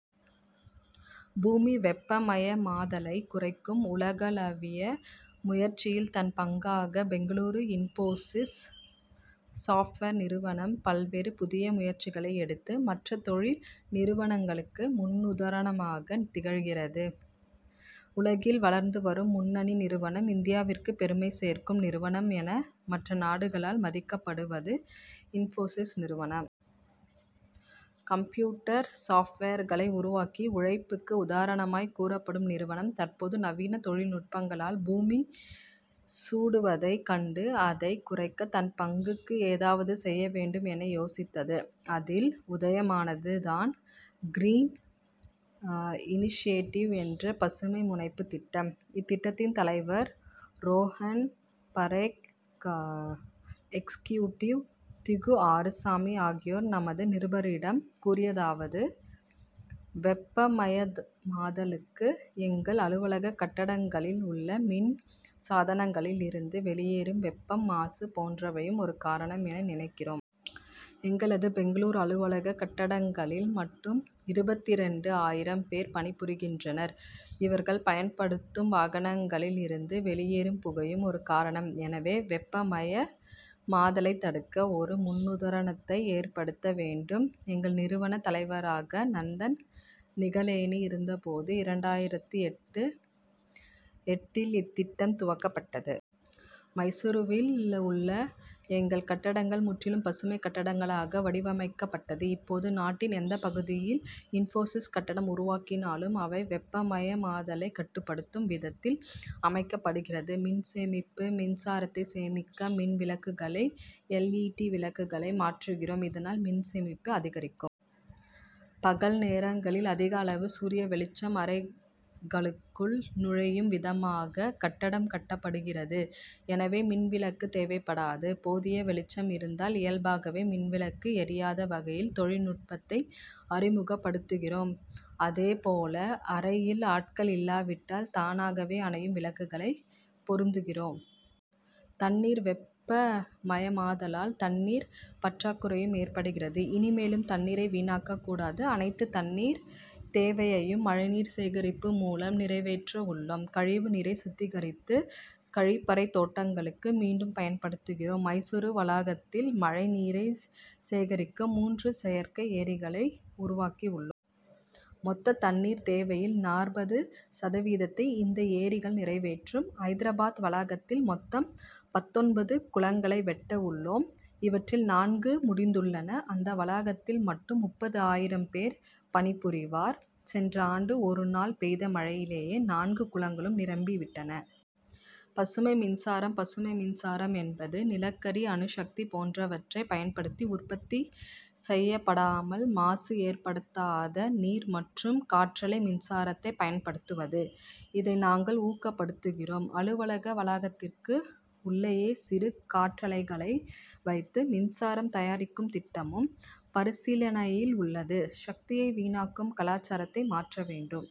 பூமி வெப்பமயமாதலை குறைக்கும் உலகளாவிய முயற்சியில் தன் பங்காக பெங்களூரு இன்போசிஸ் சாப்ட்வேர் நிறுவனம் பல்வேறு புதிய முயற்சிகளை எடுத்து. மற்ற தொழில் நிறுவனங்களுக்கு முன்னுதாரணமாக திகழ்கிறது. உலகில் வளர்ந்து வரும் முன்னணி நிறுவனம் இந்தியாவிற்கு பெருமை சேர்க்கும் நிறுவனம் என மற்ற நாடுகளால் மதிக்கப்படுவது இன்போசிஸ் நிறுவனம். கம்ப்யூட்டர் சாப்ட்வேர்களை உருவாக்கி உழைப்புக்கு உதாரணமாய் கூறப்படும் நிறுவனம் தற்போது நவீன தொழில்நுட்பங்களால் பூமி சூடாவதைக் கண்டு அதைக் குறைக்க தன் பங்குக்கு ஏதாவது செய்ய வேண்டும் என யோசித்தது. அதில் உதயமானது தான் கிரீன் இனிஷியேட்டிவ் என்ற பசுமை முனைப்பு திட்டம். இத்திட்டத்தின் தலைவர் ரோஹன் பரேக் எக்ஸ்கியூட்டிவ் திகு ஆறுச்சாமி ஆகியோர் நமது நிருபரிடம் கூறியதாவது வெப்பமயமாதலுக்கு எங்கள் அலுவலக கட்டடங்களில் உள்ள மின் சாதனங்களில் இருந்து வெளியேறும் வெப்பம் மாசு போன்றவையும் ஒரு காரணம் என நினைக்கிறோம். எங்களது பெங்களூரு அலுவலக கட்டடங்களில் மட்டும் இருபத்திரண்டு ஆயிரம் பேர் பணிபுரிகின்றனர். இவர்கள் பயன்படுத்தும் வாகனங்களில் இருந்து வெளியேறும் புகையும் ஒரு காரணம். எனவே வெப்பமயமாதலை தடுக்க ஒரு முன்னுதாரணத்தை ஏற்படுத்த வேண்டும். எங்கள் நிறுவன தலைவராக நந்தன் நிகலேனி இருந்தபோது இரண்டாயிரத்து எட்டு இல் இத்திட்டம் துவக்கப் பட்டது. மைசூருவில் உள்ள எங்கள் கட்டடங்கள் முற்றிலும் பசுமை கட்டடங்களாக வடிவமைக்கப் பட்டது. இப்போது நாட்டின் எந்த பகுதியில் இன்போசிஸ் கட்டடம் உருவாக்கினாலும் அவை வெப்பமயமாதலை கட்டுப்படுத்தும் விதத்தில் அமைக்கப்படுகிறது. மின் சேமிப்பு: மின்சாரத்தை சேமிக்க மின் விளக்குகளை எல். இ. டி. விளக்குகளை மாற்றுகிறோம். இதனால் மின் சேமிப்பு அதிகரிக்கும். பகல் நேரங்களில் அதிக அளவு சூரிய வெளிச்சம் அறைகளுக்குள் நுழையும் விதமாக கட்டடம் கட்டப்படுகிறது எனவே மின் விளக்கு தேவைப்படாது. போதிய வெளிச்சம் இருந்தால் இயல்பாகவே மின்விளக்கு எரியாத வகையில் தொழில்நுட்பத்தை அறிமுகப்படுத்துகிறோம். அதே போல அறையில் ஆட்கள் இல்லாவிட்டால் தானாகவே அணையும் விளக்குகளை பொருத்துகிறோம். தண்ணீர் வெப்பமயமாதலால் தண்ணீர் பற்றாகுறையும் ஏற்படுகிறது. இனிமேலும் தண்ணீரை வீணாக்க கூடாது. அனைத்து தண்ணீர் தேவையையும் மழை நீர் சேகரிப்பு மூலம் நிறைவேற்ற உள்ளோம். கழிவு நீரை சுத்திகரித்து, கழிப்பறை தோட்டங்களுக்கு மீண்டும் பயன்படுத்துகிறோம். மைசூரு வளாகத்தில் மழை நீரை சேகரிக்க மூன்று செயற்கை ஏரிகளை உருவாக்கி உள்ளோம். மொத்த தண்ணீர் தேவையில் நாற்பது சதவீதத்தை இந்த ஏரிகள் நிறைவேற்றும். ஐதராபாத் வளாகத்தில் மொத்தம் பத்தொன்பது குளங்களை வெட்ட உள்ளோம். இவற்றில் நான்கு முடிந்துள்ளன. அந்த வளாகத்தில் மட்டும் முப்பது ஆயிரம் பேர் பணிபுரிவர். சென்ற ஆண்டு ஒரு நாள் பெய்த மழையிலேயே நான்கு குளங்களும் நிரம்பி விட்டன. பசுமை மின்சாரம் பசுமை மின்சாரம் என்பது, நிலக்கரி அணுசக்தி போன்றவற்றை பயன்படுத்தி உற்பத்தி செய்யப்படாமல் மாசு ஏற்படுத்தாத நீர் மற்றும் காற்றாலை மின்சாரத்தை பயன்படுத்துவது. இதை நாங்கள் ஊக்கப்படுத்துகிறோம். அலுவலக வளாகத்திற்கு உள்ளேயே சிறு காற்றாலைகளை வைத்து மின்சாரம் தயாரிக்கும் திட்டமும் பரிசீலனையில் உள்ளது. சக்தியை வீணாக்கும் கலாசாரத்தை மாற்ற வேண்டும்.